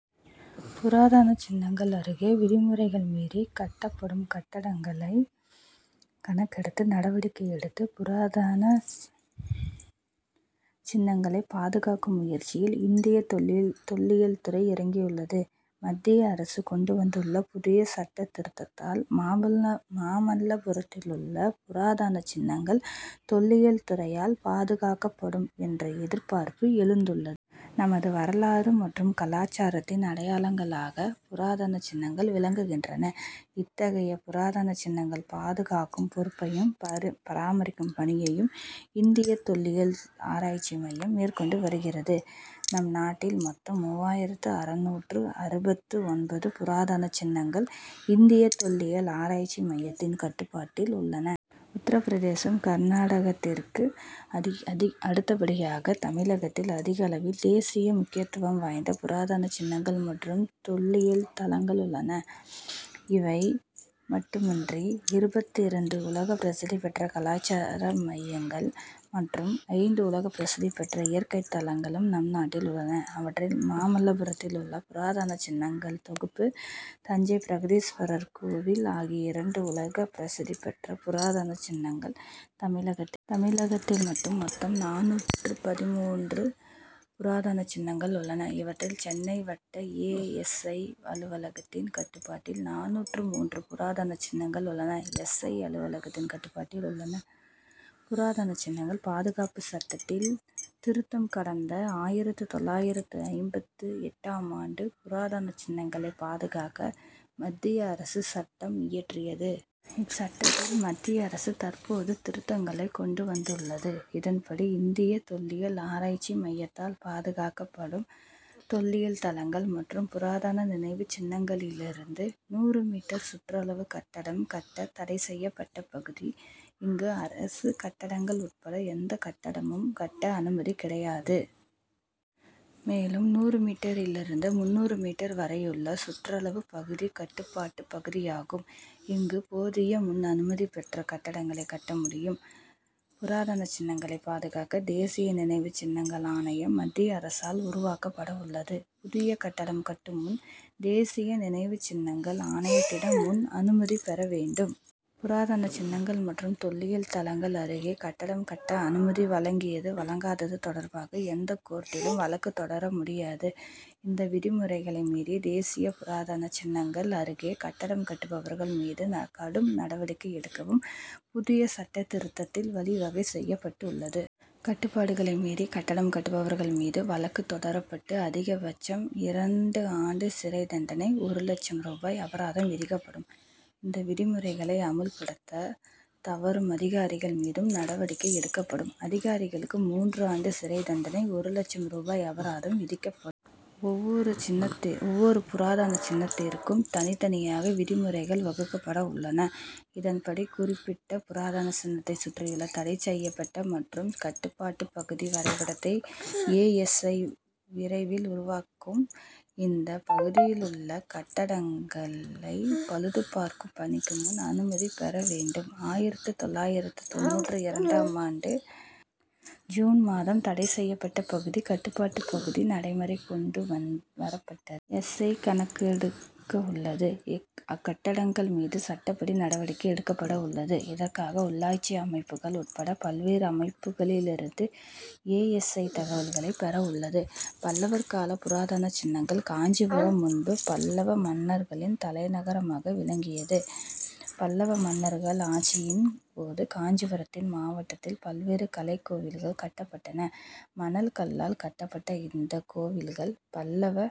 புராதன சின்னங்கள் அருகே விதிமுறைகளை மீறி கட்டப்படும் கட்டடங்களை கணக்கெடுத்து நடவடிக்கை எடுத்து புராதன சின்னங்களை பாதுகாக்கும் முயற்சியில் இந்திய தொல்லியல் துறை இறங்கியுள்ளது. மத்திய அரசு கொண்டு வந்துள்ள புதிய சட்டத் திருத்தத்தால் மாமல்லபுரத்திலுள்ள புராதன சின்னங்கள் தொல்லியல் துறையால் பாதுகாக்கப்படும் என்ற எதிர்பார்ப்பு எழுந்துள்ளது. நமது வரலாறு மற்றும் கலாசாரத்தின் அடையாளங்களாக புராதன சின்னங்கள் விளங்குகின்றன. இத்தகைய புராதன சின்னங்கள் பாதுகாக்கும் பொறுப்பையும் பராமரிக்கும் பணியையும் இந்திய தொல்லியல் ஆராய்ச்சி மையம் மேற்கொண்டு வருகிறது. நம்நாட்டில் மொத்தம் மூவாயிரத்து அறுநூற்று அறுபத்து ஒன்பது புராதன சின்னங்கள் இந்திய தொல்லியல் ஆராய்ச்சி மையத்தின் கட்டுப்பாட்டில் உள்ளன. உத்தரபிரதேசம் கர்நாடகாவிற்கு அடுத்தபடியாக தமிழகத்தில் அதிகளவில் தேசிய முக்கியத்துவம் வாய்ந்த புராதன சின்னங்கள் மற்றும் தொல்லியல் தலங்கள் உள்ளன. இவை மட்டுமின்றி இருபத்திரண்டு உலகப் பிரசித்தி பெற்ற கலாசார மையங்கள் மற்றும் ஐந்து உலகப் பிரசித்தி பெற்ற இயற்கை தலங்களும் நம்நாட்டில் உள்ளன. அவற்றில் மாமல்லபுரத்திலுள்ள புராதன சின்னங்கள் தொகுப்பு தஞ்சை பிரகதீஸ்வரர் கோவில் ஆகிய இரண்டு உலகப் பிரசித்தி பெற்ற புராதன சின்னங்கள் தமிழகத்தில் தமிழகத்தில் மட்டும் மொத்தம் நானூற்று பதின்மூன்று புராதன சின்னங்கள் உள்ளன. இவற்றில் சென்னை வட்ட ஏ. எஸ். ஐ. அலுவலகத்தின் கட்டுப்பாட்டில் நானூற்று மூன்று புராதன சின்னங்கள் உள்ளன. எஸ். ஐ. அலுவலகத்தின் கட்டுப்பாட்டில் உள்ளன. புராதன சின்னங்கள் பாதுகாப்பு சட்டத்தில் திருத்தம் கடந்த ஆயிரத்து தொள்ளாயிரத்து ஐம்பத்து எட்டாம் ஆண்டு புராதன சின்னங்களை பாதுகாக்க மத்திய அரசு சட்டம் இயற்றியது. இச்சட்டத்தில் மத்திய அரசு தற்போது திருத்தங்களை கொண்டு வந்துள்ளது. இதன்படி இந்திய தொல்லியல் ஆராய்ச்சி மையத்தால் பாதுகாக்கப்படும் தொல்லியல் தலங்கள் மற்றும் புராதன நினைவுச் சின்னங்களிலிருந்து நூறு மீட்டர் சுற்றளவு கட்டடம் கட்ட தடை செய்யப்பட்ட பகுதி. இங்கு அரசு கட்டடங்கள் உட்பட எந்த கட்டடமும் கட்ட அனுமதி கிடையாது. மேலும் நூறு மீட்டரிலிருந்து முந்நூறு மீட்டர் வரையுள்ள சுற்றளவு பகுதி கட்டுப்பாட்டு பகுதியாகும். இங்கு போதிய முன் அனுமதி பெற்ற கட்டடங்களை கட்ட முடியும். புராதன சின்னங்களை பாதுகாக்க தேசிய நினைவு சின்னங்கள் ஆணையம் மத்திய அரசால் உருவாக்கப்படவுள்ளது. புதிய கட்டடம் கட்டும் முன் தேசிய நினைவு சின்னங்கள் ஆணையத்திடம் முன் அனுமதி பெற வேண்டும். புராதன சின்னங்கள் மற்றும் தொல்லியல் தலங்கள் அருகே கட்டடம் கட்ட அனுமதி வழங்கியது வழங்காதது தொடர்பாக எந்தக் கோர்ட்டிலும் வழக்கு தொடர முடியாது. இந்த விதிமுறைகளை மீறி தேசிய புராதன சின்னங்கள் அருகே கட்டடம் கட்டுபவர்கள் மீது கடும் நடவடிக்கை எடுக்கவும் புதிய சட்டத் திருத்தத்தில் வழிவகை செய்யப்பட்டுள்ளது. கட்டுப்பாடுகளை மீறி கட்டடம் கட்டுபவர்கள் மீது வழக்கு தொடரப்பட்டு அதிகபட்சம் இரண்டு ஆண்டு சிறை தண்டனை ஒரு லட்சம் ரூபாய் அபராதம் விதிக்கப்படும். இந்த விதிமுறைகளை அமல்படுத்த தவறும் அதிகாரிகள் மீதும் நடவடிக்கை எடுக்கப்படும். அதிகாரிகளுக்கு மூன்று ஆண்டு சிறை தண்டனை ஒரு லட்சம் ரூபாய் அபராதம் விதிக்க. ஒவ்வொரு சின்னத்திற்கும் ஒவ்வொரு புராதன சின்னத்திற்கும் தனித்தனியாக விதிமுறைகள் வகுக்கப்படவுள்ளன. இதன்படி குறிப்பிட்ட புராதன சின்னத்தை சுற்றியுள்ள தடை செய்யப்பட்ட மற்றும் கட்டுப்பாட்டு பகுதி வரைபடத்தை ஏ. எஸ். ஐ. விரைவில் உருவாக்கும். இந்த பகுதியிலுள்ள கட்டடங்களை பழுதுபார்க்கும் பணிக்கு முன் அனுமதி பெற வேண்டும். ஆயிரத்து தொள்ளாயிரத்து தொண்ணூற்று இரண்டாம் ஆண்டு ஜூன் மாதம் தடை செய்யப்பட்ட பகுதி கட்டுப்பாட்டு பகுதி நடைமுறை கொண்டு வரப்பட்டது. எஸ். ஐ. கணக்கெடுக்கவுள்ளது. அக்கட்டடங்கள் மீது சட்டப்படி நடவடிக்கை எடுக்கப்படவுள்ளது. இதற்காக உள்ளாட்சி அமைப்புகள் உட்பட பல்வேறு அமைப்புகளிலிருந்து ஏ. எஸ். ஐ. தகவல்களை பெறவுள்ளது. பல்லவர் கால புராதன சின்னங்கள் காஞ்சிபுரம் முன்பு பல்லவ மன்னர்களின் தலைநகரமாக விளங்கியது. பல்லவ மன்னர்கள் ஆட்சியின்போது காஞ்சிபுரம் மாவட்டத்தில் பல்வேறு கலைக்கோவில்கள் கட்டப்பட்டன. மணல் கல்லால் கட்டப்பட்ட இந்தக் கோவில்கள் பல்லவ